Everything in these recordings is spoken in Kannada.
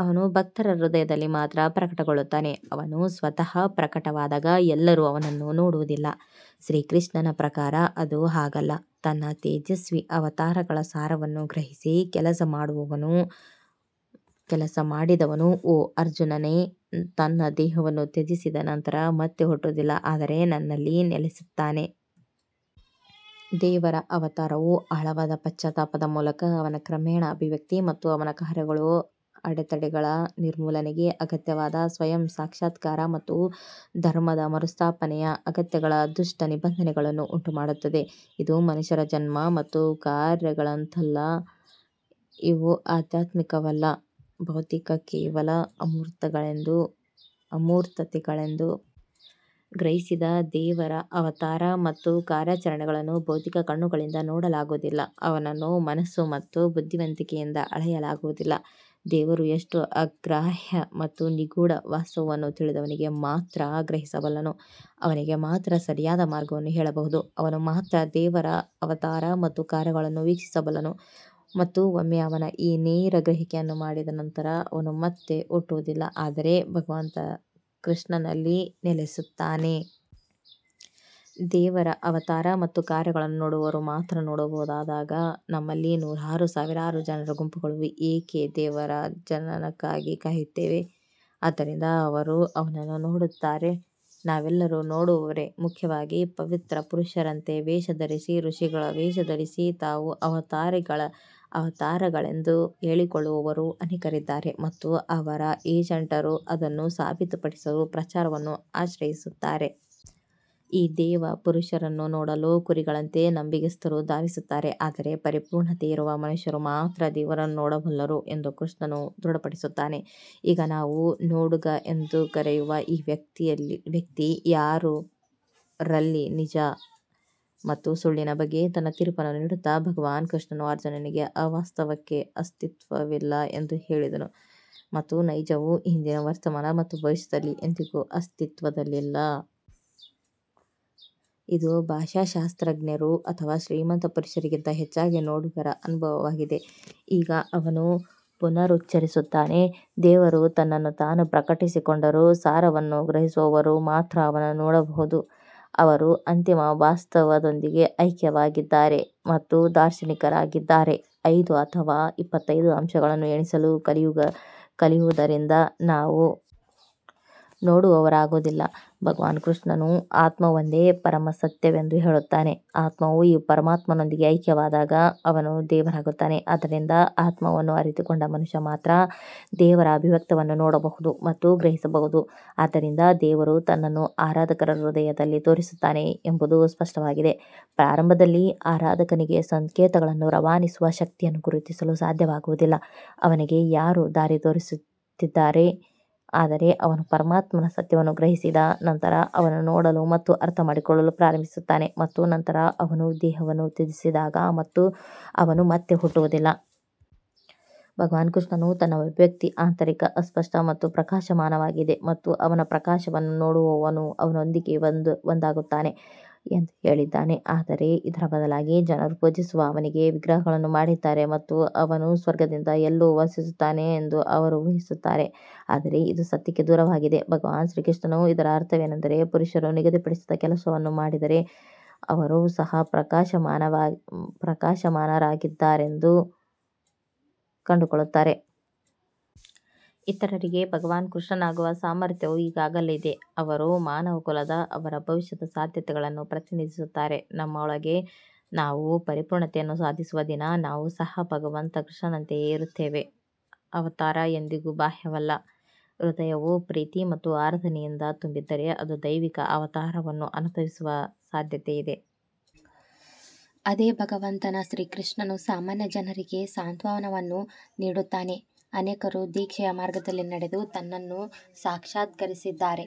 ಅವನು ಭಕ್ತರ ಹೃದಯದಲ್ಲಿ ಮಾತ್ರ ಪ್ರಕಟಗೊಳ್ಳುತ್ತಾನೆ ಅವನು ಸ್ವತಃ ಪ್ರಕಟವಾದಾಗ ಎಲ್ಲರೂ ಅವನನ್ನು ನೋಡುವುದಿಲ್ಲ ಶ್ರೀಕೃಷ್ಣನ ಪ್ರಕಾರ ಅದು ಹಾಗಲ್ಲ ನನ್ನ ತೇಜಸ್ವಿ ಅವತಾರಗಳ ಸಾರವನ್ನು ಗ್ರಹಿಸಿ ಕೆಲಸ ಮಾಡಿದವನು ಓ ಅರ್ಜುನನೇ ತನ್ನ ದೇಹವನ್ನು ತ್ಯಜಿಸಿದ ನಂತರ ಮತ್ತೆ ಹುಟ್ಟುವುದಿಲ್ಲ ಆದರೆ ನನ್ನಲ್ಲಿ ನೆಲೆಸುತ್ತಾನೆ. ದೇವರ ಅವತಾರವು ಆಳವಾದ ಪಶ್ಚಾತ್ತಾಪದ ಮೂಲಕ ಅವನ ಕ್ರಮೇಣ ಅಭಿವ್ಯಕ್ತಿ ಮತ್ತು ಅವನ ಕಾರ್ಯಗಳು ಅಡೆತಡೆಗಳ ನಿರ್ಮೂಲನೆಗೆ ಅಗತ್ಯವಾದ ಸ್ವಯಂ ಸಾಕ್ಷಾತ್ಕಾರ ಮತ್ತು ಧರ್ಮದ ಮರುಸ್ಥಾಪನೆಯ ಅಗತ್ಯಗಳ ದುಷ್ಟ ನಿಬಂಧನೆಯನ್ನು ಉಂಟುಮಾಡುತ್ತದೆ, ಇದು ಮನುಷ್ಯರ ಜನ್ಮ ಮತ್ತು ಕಾರ್ಯಗಳಂತಲ್ಲ. ಇವು ಅಧ್ಯಾತ್ಮಿಕವಲ್ಲ ಭೌತಿಕ ಕೇವಲ ಅಮೂರ್ತತೆಗಳೆಂದು ಗ್ರಹಿಸಿದ ದೇವರ ಅವತಾರ ಮತ್ತು ಕಾರ್ಯಾಚರಣೆಗಳನ್ನು ಭೌತಿಕ ಕಣ್ಣುಗಳಿಂದ ನೋಡಲಾಗುವುದಿಲ್ಲ ಅವನನ್ನು ಮನಸ್ಸು ಮತ್ತು ಬುದ್ಧಿವಂತಿಕೆಯಿಂದ ಅಳೆಯಲಾಗುವುದಿಲ್ಲ ದೇವರು ಎಷ್ಟು ಅಗ್ರಾಹ್ಯ ಮತ್ತು ನಿಗೂಢ, ವಾಸ್ತವವನ್ನು ತಿಳಿದವನಿಗೆ ಮಾತ್ರ ಗ್ರಹಿಸಬಲ್ಲನು ಅವನಿಗೆ ಮಾತ್ರ ಸರಿಯಾದ ಮಾರ್ಗವನ್ನು ಕೇಳಬಹುದು ಅವನು ಮಾತ್ರ ದೇವರ ಅವತಾರ ಮತ್ತು ಕಾರ್ಯಗಳನ್ನು ವೀಕ್ಷಿಸಬಲ್ಲನು ಮತ್ತು ಒಮ್ಮೆ ಅವನು ಈ ನೇರ ಗ್ರಹಿಕೆಯನ್ನು ಮಾಡಿದ ನಂತರ ಅವನು ಮತ್ತೆ ಹುಟ್ಟುವುದಿಲ್ಲ ಆದರೆ ಭಗವಂತ ಕೃಷ್ಣನಲ್ಲಿ ನೆಲೆಸುತ್ತಾನೆ. ದೇವರ ಅವತಾರ ಮತ್ತು ಕಾರ್ಯಗಳನ್ನು ನೋಡುವವರು ಮಾತ್ರ ನೋಡಬಹುದಾದಾಗ, ನಮ್ಮಲ್ಲಿ ನೂರಾರು ಸಾವಿರ ಜನರ ಗುಂಪುಗಳು ಏಕೆ ದೇವರ ಜನನಕ್ಕಾಗಿ ಕಾಯುತ್ತಿವೆ, ಆದ್ದರಿಂದ ಅವರು ಅವನನ್ನು ನೋಡುತ್ತಾರೆ ನಾವೆಲ್ಲರೂ ನೋಡುವವರೇ ಮುಖ್ಯವಾಗಿ ಪವಿತ್ರ ಪುರುಷರಂತೆ ವೇಷ ಧರಿಸಿ ಋಷಿಗಳ ವೇಷ ಧರಿಸಿ ತಾವು ಅವತಾರಗಳೆಂದು ಹೇಳಿಕೊಳ್ಳುವವರು ಅನೇಕರಿದ್ದಾರೆ ಮತ್ತು ಅವರ ಏಜೆಂಟರು ಅದನ್ನು ಸಾಬೀತುಪಡಿಸಲು ಪ್ರಚಾರವನ್ನು ಆಶ್ರಯಿಸುತ್ತಾರೆ. ಈ ದೇವ ಪುರುಷರನ್ನು ನೋಡಲು ಕುರಿಗಳಂತೆ ನಂಬಿಗಸ್ತರು ಧಾವಿಸುತ್ತಾರೆ ಆದರೆ ಪರಿಪೂರ್ಣತೆಯಿರುವ ಮನುಷ್ಯರು ಮಾತ್ರ ದೇವರನ್ನು ನೋಡಬಲ್ಲರು ಎಂದು ಶ್ರೀಕೃಷ್ಣನು ದೃಢಪಡಿಸುತ್ತಾನೆ. ಈಗ ನಾವು ನೋಡುಗ ಎಂದು ಕರೆಯುವ ಈ ವ್ಯಕ್ತಿ ಯಾರು ರಲ್ಲಿ ನಿಜ ಮತ್ತು ಸುಳ್ಳಿನ ಬಗ್ಗೆ ತನ್ನ ತೀರ್ಪನ್ನು ನೀಡುತ್ತಾ ಭಗವಾನ್ ಕೃಷ್ಣನು ಅರ್ಜುನನಿಗೆ ಅವಾಸ್ತವಕ್ಕೆ ಅಸ್ತಿತ್ವವಿಲ್ಲ ಎಂದು ಹೇಳಿದನು ಮತ್ತು ನೈಜವು ಹಿಂದಿನ ವರ್ತಮಾನ ಮತ್ತು ಭವಿಷ್ಯದಲ್ಲಿ ಎಂದಿಗೂ ಅಸ್ತಿತ್ವದಲ್ಲಿಲ್ಲ. ಇದು ಭಾಷಾಶಾಸ್ತ್ರಜ್ಞರು ಅಥವಾ ಶ್ರೀಮಂತ ಪುರುಷರಿಗಿಂತ ಹೆಚ್ಚಾಗಿ ನೋಡುಗರ ಅನುಭವವಾಗಿದೆ ಈಗ ಅವನು ಪುನರುಚ್ಚರಿಸುತ್ತಾನೆ, ದೇವರು ತನ್ನನ್ನು ತಾನು ಪ್ರಕಟಿಸಿಕೊಂಡರೂ, ಸಾರವನ್ನು ಗ್ರಹಿಸುವವರು ಮಾತ್ರ ಅವನನ್ನು ನೋಡಬಹುದು ಅವರು ಅಂತಿಮ ವಾಸ್ತವದೊಂದಿಗೆ ಐಕ್ಯವಾಗಿದ್ದಾರೆ ಮತ್ತು ದಾರ್ಶನಿಕರಾಗಿದ್ದಾರೆ ಐದು ಅಥವಾ ಇಪ್ಪತ್ತೈದು ಅಂಶಗಳನ್ನು ಎಣಿಸಲು ಕಲಿಯುವುದರಿಂದ ನಾವು ನೋಡುವವರಾಗುವುದಿಲ್ಲ ಭಗವಾನ್ ಕೃಷ್ಣನು ಆತ್ಮವೊಂದೇ ಪರಮ ಸತ್ಯವೆಂದು ಹೇಳುತ್ತಾನೆ ಆತ್ಮವು ಈ ಪರಮಾತ್ಮನೊಂದಿಗೆ ಐಕ್ಯವಾದಾಗ ಅವನೂ ದೇವರಾಗುತ್ತಾನೆ ಆದ್ದರಿಂದ ಆತ್ಮವನ್ನು ಅರಿತುಕೊಂಡ ಮನುಷ್ಯ ಮಾತ್ರ ದೇವರ ಅಭಿವ್ಯಕ್ತಿಯನ್ನು ನೋಡಬಹುದು ಮತ್ತು ಗ್ರಹಿಸಬಹುದು ಆದ್ದರಿಂದ ದೇವರು ತನ್ನನ್ನು ಆರಾಧಕರ ಹೃದಯದಲ್ಲಿ ತೋರಿಸುತ್ತಾನೆ ಎಂಬುದು ಸ್ಪಷ್ಟವಾಗಿದೆ ಪ್ರಾರಂಭದಲ್ಲಿ ಆರಾಧಕನಿಗೆ ಸಂಕೇತಗಳನ್ನು ರವಾನಿಸುವ ಶಕ್ತಿಯನ್ನು ಗುರುತಿಸಲು ಸಾಧ್ಯವಾಗುವುದಿಲ್ಲ ಅವನಿಗೆ ಯಾರು ದಾರಿ ತೋರಿಸುತ್ತಿದ್ದಾರೆ ಆದರೆ ಅವನು ಪರಮಾತ್ಮನ ಸತ್ಯವನ್ನು ಗ್ರಹಿಸಿದ ನಂತರ ಅವನು ನೋಡಲು ಮತ್ತು ಅರ್ಥಮಾಡಿಕೊಳ್ಳಲು ಪ್ರಾರಂಭಿಸುತ್ತಾನೆ ಮತ್ತು ನಂತರ ಅವನು ದೇಹವನ್ನು ತ್ಯಜಿಸಿದಾಗ ಅವನು ಮತ್ತೆ ಹುಟ್ಟುವುದಿಲ್ಲ. ಭಗವಾನ್ ಕೃಷ್ಣನು ತನ್ನ ಅಭಿವ್ಯಕ್ತಿ ಆಂತರಿಕ ಅಸ್ಪಷ್ಟ ಮತ್ತು ಪ್ರಕಾಶಮಾನವಾಗಿದೆ ಮತ್ತು ಅವನ ಪ್ರಕಾಶವನ್ನು ನೋಡುವವನು ಅವನೊಂದಿಗೆ ಒಂದಾಗುತ್ತಾನೆ ಎಂದು ಹೇಳಿದ್ದಾನೆ. ಆದರೆ ಇದರ ಬದಲಾಗಿ ಜನರು ಪೂಜಿಸುವ ಅವನ ವಿಗ್ರಹಗಳನ್ನು ಮಾಡಿದ್ದಾರೆ ಮತ್ತು ಅವನು ಸ್ವರ್ಗದಲ್ಲಿ ಎಲ್ಲೋ ವಾಸಿಸುತ್ತಾನೆ ಎಂದು ಅವರು ಊಹಿಸುತ್ತಾರೆ. ಆದರೆ ಇದು ಸತ್ಯಕ್ಕೆ ದೂರವಾಗಿದೆ ಭಗವಾನ್ ಶ್ರೀಕೃಷ್ಣನು ಇದರ ಅರ್ಥವೇನೆಂದರೆ, ಪುರುಷರು ನಿಗದಿಪಡಿಸಿದ ಕೆಲಸವನ್ನು ಮಾಡಿದರೆ ಅವರು ಸಹ ಪ್ರಕಾಶಮಾನರಾಗಿದ್ದಾರೆಂದು ಕಂಡುಕೊಳ್ಳುತ್ತಾರೆ. ಇತರರಿಗೆ ಭಗವಾನ್ ಕೃಷ್ಣನಾಗುವ ಸಾಮರ್ಥ್ಯವು ಈಗಾಗಲೇ ಇದೆ ಅವರು ಮಾನವಕುಲದ ಅವರ ಭವಿಷ್ಯದ ಸಾಧ್ಯತೆಗಳನ್ನು ಪ್ರತಿನಿಧಿಸುತ್ತಾರೆ ನಮ್ಮೊಳಗೆ ನಾವು ಪರಿಪೂರ್ಣತೆಯನ್ನು ಸಾಧಿಸುವ ದಿನ ನಾವು ಸಹ ಭಗವಂತ ಕೃಷ್ಣನಂತೆಯೇ ಇರುತ್ತೇವೆ. ಅವತಾರ ಎಂದಿಗೂ ಬಾಹ್ಯವಲ್ಲ ಹೃದಯವು ಪ್ರೀತಿ ಮತ್ತು ಆರಾಧನೆಯಿಂದ ತುಂಬಿದ್ದರೆ ಅದು ದೈವಿಕ ಅವತಾರವನ್ನು ಅನುಭವಿಸುವ ಸಾಧ್ಯತೆಯಿದೆ. ಅದೇ ಭಗವಂತ ಶ್ರೀಕೃಷ್ಣನು ಸಾಮಾನ್ಯ ಜನರಿಗೆ ಸಾಂತ್ವನವನ್ನು ನೀಡುತ್ತಾನೆ ಅನೇಕರು ದೀಕ್ಷೆಯ ಮಾರ್ಗದಲ್ಲಿ ನಡೆದು ತನ್ನನ್ನು ಸಾಕ್ಷಾತ್ಕರಿಸಿದ್ದಾರೆ.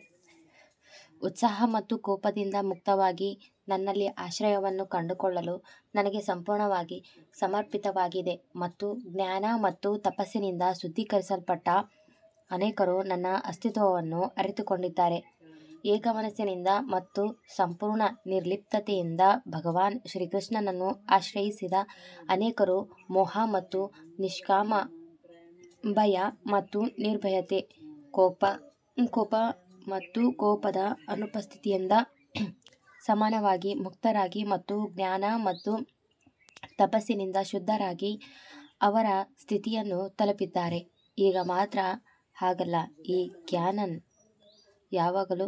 ಉತ್ಸಾಹ ಮತ್ತು ಕೋಪದಿಂದ ಮುಕ್ತವಾಗಿ ನನ್ನಲ್ಲಿ ಆಶ್ರಯವನ್ನು ಕಂಡುಕೊಳ್ಳಲು ನನಗೆ ಸಂಪೂರ್ಣವಾಗಿ ಸಮರ್ಪಿತವಾಗಿದೆ ಮತ್ತು ಜ್ಞಾನ ಮತ್ತು ತಪಸ್ಸಿನಿಂದ ಶುದ್ಧೀಕರಿಸಲ್ಪಟ್ಟ ಅನೇಕರು ನನ್ನ ಅಸ್ತಿತ್ವವನ್ನು ಅರಿತುಕೊಂಡಿದ್ದಾರೆ. ಏಕಮನಸ್ಸಿನಿಂದ ಮತ್ತು ಸಂಪೂರ್ಣ ನಿರ್ಲಿಪ್ತತೆಯಿಂದ ಭಗವಾನ್ ಶ್ರೀಕೃಷ್ಣನನ್ನು ಆಶ್ರಯಿಸಿದ ಅನೇಕರು ಮೋಹ ಮತ್ತು ನಿಷ್ಕಾಮ ಭಯ ಮತ್ತು ನಿರ್ಭಯತೆ ಕೋಪ ಮತ್ತು ಕೋಪದ ಅನುಪಸ್ಥಿತಿಯಿಂದ ಸಮಾನವಾಗಿ ಮುಕ್ತರಾಗಿ ಮತ್ತು ಜ್ಞಾನ ಮತ್ತು ತಪಸ್ಸಿನಿಂದ ಶುದ್ಧರಾಗಿ ಅವರ ಸ್ಥಿತಿಯನ್ನು ತಲುಪಿದ್ದಾರೆ. ಈಗ ಮಾತ್ರ ಹಾಗಲ್ಲ ಈ ಕ್ಯಾನನ್ ಯಾವಾಗಲೂ ಕಾರ್ಯನಿರ್ವಹಿಸುತ್ತಿದೆ.